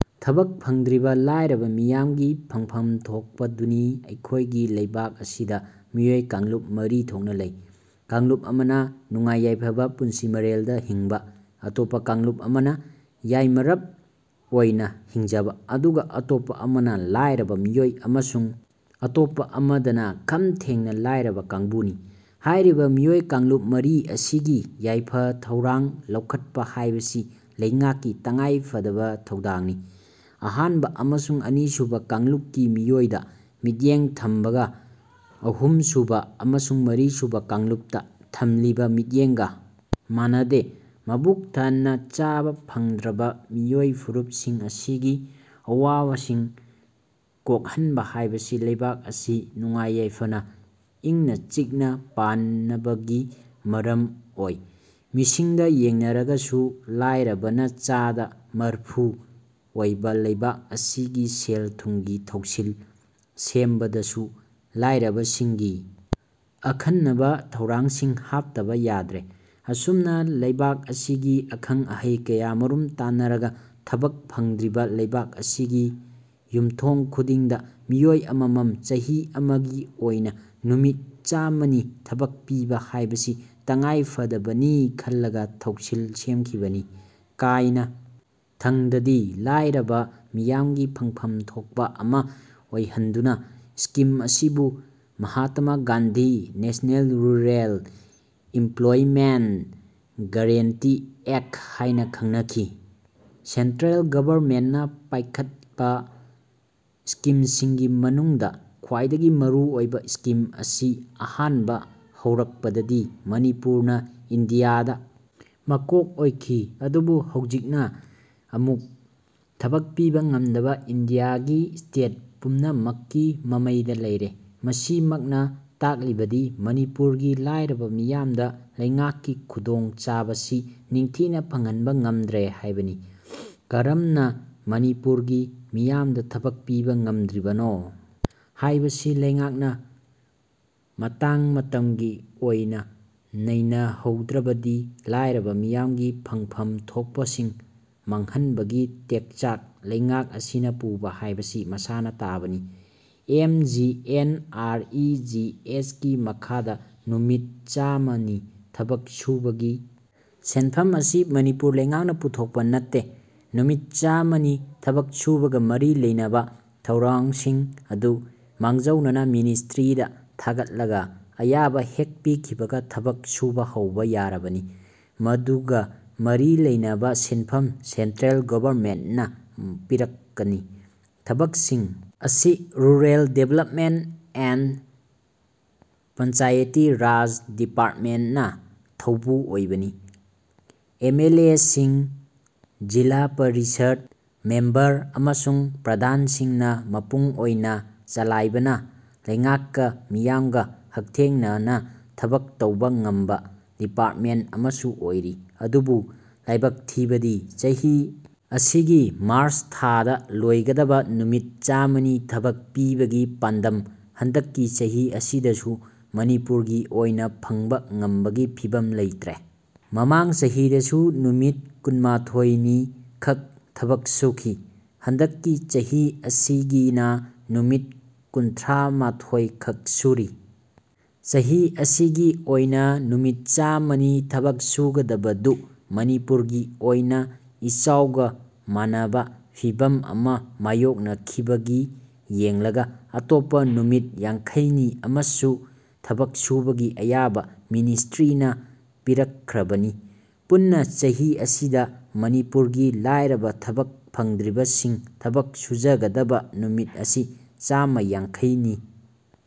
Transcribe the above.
ꯊꯕꯛ ꯐꯪꯗ꯭ꯔꯤꯕ ꯂꯥꯏꯔꯕ ꯃꯤꯌꯥꯝꯒꯤ ꯐꯪꯐꯝ ꯊꯣꯛꯄꯗꯨꯅꯤ ꯑꯩꯈꯣꯏꯒꯤ ꯂꯩꯕꯥꯛ ꯑꯁꯤꯗ ꯃꯤꯑꯣꯏ ꯀꯥꯡꯂꯨꯞ ꯃꯔꯤ ꯊꯣꯛꯅ ꯂꯩ꯫ ꯀꯥꯡꯂꯨꯞ ꯑꯃꯅ ꯅꯨꯡꯉꯥꯏ ꯌꯥꯏꯐꯕ ꯄꯨꯟꯁꯤ ꯃꯔꯦꯜꯗ ꯍꯤꯡꯕ, ꯑꯇꯣꯞꯄ ꯀꯥꯡꯂꯨꯞ ꯑꯃꯅ ꯌꯥꯏꯃꯔꯞ ꯑꯣꯏꯅ ꯍꯤꯡꯖꯕ, ꯑꯗꯨꯒ ꯑꯇꯣꯞꯄ ꯑꯃꯅ ꯂꯥꯏꯔꯕ ꯃꯤꯑꯣꯏ ꯑꯃꯁꯨꯡ ꯑꯇꯣꯞꯄ ꯑꯃꯗꯅ ꯈꯝ ꯊꯦꯡꯅ ꯂꯥꯏꯔꯕ ꯀꯥꯡꯕꯨꯅꯤ꯫ ꯍꯥꯏꯔꯤꯕ ꯃꯤꯑꯣꯏ ꯀꯥꯡꯂꯨꯞ ꯃꯔꯤ ꯑꯁꯤꯒꯤ ꯌꯥꯏꯐ ꯊꯧꯔꯥꯡ ꯂꯧꯈꯠꯄ ꯍꯥꯏꯕꯁꯤ ꯂꯩꯉꯥꯛꯀꯤ ꯇꯉꯥꯏ ꯐꯗꯕ ꯊꯧꯗꯥꯡꯅꯤ꯫ ꯑꯍꯥꯟꯕ ꯑꯃꯁꯨꯡ ꯑꯅꯤꯁꯨꯕ ꯀꯥꯡꯂꯨꯞꯀꯤ ꯃꯤꯑꯣꯏꯗ ꯃꯤꯠꯌꯦꯡ ꯊꯝꯕꯒ ꯑꯍꯨꯝ ꯁꯨꯕ ꯑꯃꯁꯨꯡ ꯃꯔꯤꯁꯨꯕ ꯀꯥꯡꯂꯨꯞꯇ ꯊꯝꯂꯤꯕ ꯃꯤꯠꯌꯦꯡꯒ ꯃꯥꯟꯅꯗꯦ꯫ ꯃꯕꯨꯛ ꯊꯟꯅ ꯆꯥꯕ ꯐꯪꯗ꯭ꯔꯕ ꯃꯤꯑꯣꯏ ꯐꯨꯔꯨꯞꯁꯤꯡ ꯑꯁꯤꯒꯤ ꯑꯋꯥꯕꯁꯤꯡ ꯀꯣꯛꯍꯟꯕ ꯍꯥꯏꯕꯁꯤ ꯂꯩꯕꯥꯛ ꯑꯁꯤ ꯅꯨꯡꯉꯥꯏ ꯌꯥꯏꯐꯅ, ꯏꯪꯅ ꯆꯤꯛꯅ ꯄꯥꯟꯅꯕꯒꯤ ꯃꯔꯝ ꯑꯣꯏ꯫ ꯃꯤꯁꯤꯡꯗ ꯌꯦꯡꯅꯔꯒꯁꯨ ꯂꯥꯏꯔꯕꯅ ꯆꯥꯗ ꯃꯔꯐꯨ ꯑꯣꯏꯕ ꯂꯩꯕꯥꯛ ꯑꯁꯤꯒꯤ ꯁꯦꯜ ꯊꯨꯝꯒꯤ ꯊꯧꯁꯤꯜ ꯁꯦꯝꯕꯗꯁꯨ ꯂꯥꯏꯔꯕꯁꯤꯡꯒꯤ ꯑꯈꯟꯅꯕ ꯊꯧꯔꯥꯡꯁꯤꯡ ꯍꯥꯞꯇꯕ ꯌꯥꯗ꯭ꯔꯦ꯫ ꯑꯁꯨꯝꯅ ꯂꯩꯕꯥꯛ ꯑꯁꯤꯒꯤ ꯑꯈꯪ ꯑꯍꯩ ꯀꯌꯥꯃꯔꯨꯝ ꯇꯥꯟꯅꯔꯒ ꯊꯕꯛ ꯐꯪꯗ꯭ꯔꯤꯕ ꯂꯩꯕꯥꯛ ꯑꯁꯤꯒꯤ ꯌꯨꯝꯊꯣꯡ ꯈꯨꯗꯤꯡꯗ ꯃꯤꯑꯣꯏ ꯑꯃꯃꯝ ꯆꯍꯤ ꯑꯃꯒꯤ ꯑꯣꯏꯅ ꯅꯨꯃꯤꯠ ꯆꯥꯝꯃꯅꯤ ꯊꯕꯛ ꯄꯤꯕ ꯍꯥꯏꯕꯁꯤ ꯇꯉꯥꯏ ꯐꯗꯕꯅꯤ ꯈꯜꯂꯒ ꯊꯧꯁꯤꯜ ꯁꯦꯝꯈꯤꯕꯅꯤ꯫ ꯀꯥꯏꯅ ꯊꯪꯗꯗꯤ ꯂꯥꯏꯔꯕ ꯃꯤꯌꯥꯝꯒꯤ ꯐꯪꯐꯝ ꯊꯣꯛꯄ ꯑꯃ ꯑꯣꯏꯍꯟꯗꯨꯅ ꯁ꯭ꯀꯤꯝ ꯑꯁꯤꯕꯨ Mahatma Gandhi National Rural Employment Guarantee Act ꯍꯥꯏꯅ ꯈꯪꯅꯈꯤ꯫ ꯁꯦꯟꯇ꯭ꯔꯦꯜ ꯒꯚꯔꯟꯃꯦꯟꯠꯅ ꯄꯥꯏꯈꯠꯄ ꯁ꯭ꯀꯤꯝꯁꯤꯡꯒꯤ ꯃꯅꯨꯡꯗ ꯈ꯭ꯋꯥꯏꯗꯒꯤ ꯃꯔꯨ ꯑꯣꯏꯕ ꯁ꯭ꯀꯤꯝ ꯑꯁꯤ ꯑꯍꯥꯟꯕ ꯍꯧꯔꯛ ꯄꯗꯗꯤ ꯃꯅꯤꯄꯨꯔꯅ ꯏꯟꯗꯤꯌꯥꯗ ꯃꯀꯣꯛ ꯑꯣꯏꯈꯤ꯫ ꯑꯗꯨꯕꯨ ꯍꯧꯖꯤꯛꯅ ꯑꯃꯨꯛ ꯊꯕꯛ ꯄꯤꯕ ꯉꯝꯗꯕ ꯏꯟꯗꯤꯌꯥꯒꯤ ꯁ꯭ꯇꯦꯠ ꯄꯨꯝꯅ ꯃꯛꯀꯤ ꯃꯃꯩꯗ ꯂꯩꯔꯦ꯫ ꯃꯁꯤ ꯃꯛꯅ ꯇꯥꯛꯂꯤꯕꯗꯤ ꯃꯅꯤꯄꯨꯔꯒꯤ ꯂꯥꯏꯔꯕ ꯃꯤꯌꯥꯝꯗ ꯂꯩꯉꯥꯛꯀꯤ ꯈꯨꯗꯣꯡ ꯆꯥꯕꯁꯤ ꯅꯤꯡꯊꯤꯅ ꯐꯪꯍꯟꯕ ꯉꯝꯗ꯭ꯔꯦ ꯍꯥꯏꯕꯅꯤ꯫ ꯀꯔꯝꯅ ꯃꯅꯤꯄꯨꯔꯒꯤ ꯃꯤꯌꯥꯝꯗ ꯊꯕꯛ ꯄꯤꯕ ꯉꯝꯗ꯭ꯔꯤꯕꯅꯣ ꯍꯥꯏꯕꯁꯤ ꯂꯩꯉꯥꯛꯅ ꯃꯇꯥꯡ ꯃꯇꯝꯒꯤ ꯑꯣꯏꯅ ꯅꯩꯅ ꯍꯧ ꯗ꯭ꯔꯕꯗꯤ ꯂꯥꯏꯔꯕ ꯃꯤꯌꯥꯝꯒꯤ ꯐꯪꯐꯝ ꯊꯣꯛꯄꯁꯤꯡ ꯃꯥꯡꯍꯟꯕꯒꯤ ꯇꯦꯛꯆꯥꯛ ꯂꯩꯉꯥꯛ ꯑꯁꯤꯅ ꯄꯨꯕ ꯍꯥꯏꯕꯁꯤ ꯃꯁꯥꯅ ꯇꯥꯕꯅꯤ꯫ M G N R E G ꯑꯦꯁꯒꯤ ꯃꯈꯥꯗ ꯅꯨꯃꯤꯠ ꯆꯥꯃ ꯅꯤ ꯊꯕꯛ ꯁꯨꯕꯒꯤ ꯁꯦꯟꯐꯝ ꯑꯁꯤ ꯃꯅꯤꯄꯨꯔ ꯂꯩꯉꯥꯛꯅ ꯄꯨꯊꯣꯛꯄ ꯅꯠꯇꯦ꯫ ꯅꯨꯃꯤꯠ ꯆꯥꯃ ꯅꯤ ꯊꯕꯛ ꯁꯨꯕꯒ ꯃꯔꯤ ꯂꯩꯅꯕ ꯊꯧꯔꯥꯡꯁꯤꯡ ꯑꯗꯨ ꯃꯥꯡꯖꯧꯅꯅ ꯃꯤꯅꯤꯁ꯭ꯇ꯭ꯔꯤꯗ ꯊꯥꯒꯠꯂꯒ ꯑꯌꯥꯕ ꯍꯦꯛ ꯄꯤꯈꯤꯕꯒ ꯊꯕꯛ ꯁꯨꯕ ꯍꯧꯕ ꯌꯥꯔꯕꯅꯤ꯫ ꯃꯗꯨꯒ ꯃꯔꯤ ꯂꯩꯅꯕ ꯁꯦꯟꯐꯝ ꯁꯦꯟꯇ꯭ꯔꯦꯜ ꯒꯚꯔꯟꯃꯦꯟꯠꯅ ꯄꯤꯔꯛꯀꯅꯤ꯫ ꯊꯕꯛꯁꯤꯡ ꯑꯁꯤ rural development and Panchayati Raj ꯗꯤꯄꯥꯔꯃꯦꯟꯠꯅ ꯊꯧꯕꯨ ꯑꯣꯏꯕꯅꯤ꯫ ꯑꯦꯝ ꯑꯦꯜ ꯑꯦꯁꯤꯡ, ꯖꯤꯜꯂꯥ ꯄꯔꯤꯁꯗ ꯃꯦꯝꯕꯔ ꯑꯃꯁꯨꯡ ꯄ꯭ꯔꯙꯥꯟꯁꯤꯡꯅ ꯃꯄꯨꯡ ꯑꯣꯏꯅ ꯆꯂꯥꯏꯕꯅ ꯂꯩꯉꯥꯛꯀ ꯃꯤꯌꯥꯝꯒ ꯍꯛꯊꯦꯡꯅꯅ ꯊꯕꯛ ꯇꯧꯕ ꯉꯝꯕ ꯗꯤꯄꯥꯔꯠꯃꯦꯟꯠ ꯑꯃꯁꯨ ꯑꯣꯏꯔꯤ꯫ ꯑꯗꯨꯕꯨ ꯂꯥꯏꯕꯛ ꯊꯤꯕꯗꯤ ꯆꯍꯤ ꯑꯁꯤꯒꯤ ꯃꯥꯔꯆ ꯊꯥꯗ ꯂꯣꯏꯒꯗꯕ ꯅꯨꯃꯤꯠ ꯆꯥꯃꯅꯤ ꯊꯕꯛ ꯄꯤꯕꯒꯤ ꯄꯥꯟꯗꯝ ꯍꯟꯗꯛꯀꯤ ꯆꯍꯤ ꯑꯁꯤꯗꯁꯨ ꯃꯅꯤꯄꯨꯔꯒꯤ ꯑꯣꯏꯅ ꯐꯪꯕ ꯉꯝꯕꯒꯤ ꯐꯤꯚꯝ ꯂꯩꯇꯔꯦ꯫ ꯃꯃꯥꯡ ꯆꯍꯤꯗꯁꯨ ꯅꯨꯃꯤꯠ ꯀꯨꯟꯃꯊꫭꯏ ꯅꯤ ꯈꯛ ꯊꯕꯛ ꯁꯨꯈꯤ꯫ ꯍꯟꯗꯛꯀꯤ ꯆꯍꯤ ꯑꯁꯤꯒꯤꯅ ꯅꯨꯃꯤꯠ ꯀꯨꯟꯊ꯭ꯔꯥꯃꯊꫭꯏ ꯈꯛ ꯁꯨꯔꯤ꯫ ꯆꯍꯤ ꯑꯁꯤꯒꯤ ꯑꯣꯏꯅ ꯅꯨꯃꯤꯠ ꯆꯥꯃ ꯅꯤ ꯊꯕꯛ ꯁꯨꯒꯗꯕꯗꯨ ꯃꯅꯤꯄꯨꯔꯒꯤ ꯑꯣꯏꯅ ꯏꯆꯥꯎꯒ ꯃꯥꯟꯅꯕ ꯐꯤꯚꯝ ꯑꯃ ꯃꯥꯌꯣꯛꯅ ꯈꯤꯕꯒꯤ ꯌꯦꯡꯂꯒ ꯑꯇꯣꯞꯄ ꯅꯨꯃꯤꯠ ꯌꯥꯡꯈꯩ ꯅꯤ ꯑꯃꯁꯨ ꯊꯕꯛ ꯁꯨꯕꯒꯤ ꯑꯌꯥꯕ ꯃꯤꯅꯤꯁ꯭ꯇ꯭ꯔꯤꯅ ꯄꯤꯔꯛ ꯈ꯭ꯔꯕꯅꯤ꯫ ꯄꯨꯟꯅ ꯆꯍꯤ ꯑꯁꯤꯗ ꯃꯅꯤꯄꯨꯔꯒꯤ ꯂꯥꯏꯔꯕ ꯊꯕꯛ ꯐꯪꯗ꯭ꯔꯤꯕꯁꯤꯡ ꯊꯕꯛ ꯁꯨꯖꯒꯗꯕ ꯅꯨꯃꯤꯠ ꯑꯁꯤ ꯆꯥꯃ ꯌꯥꯡꯈꯩ ꯅꯤ꯫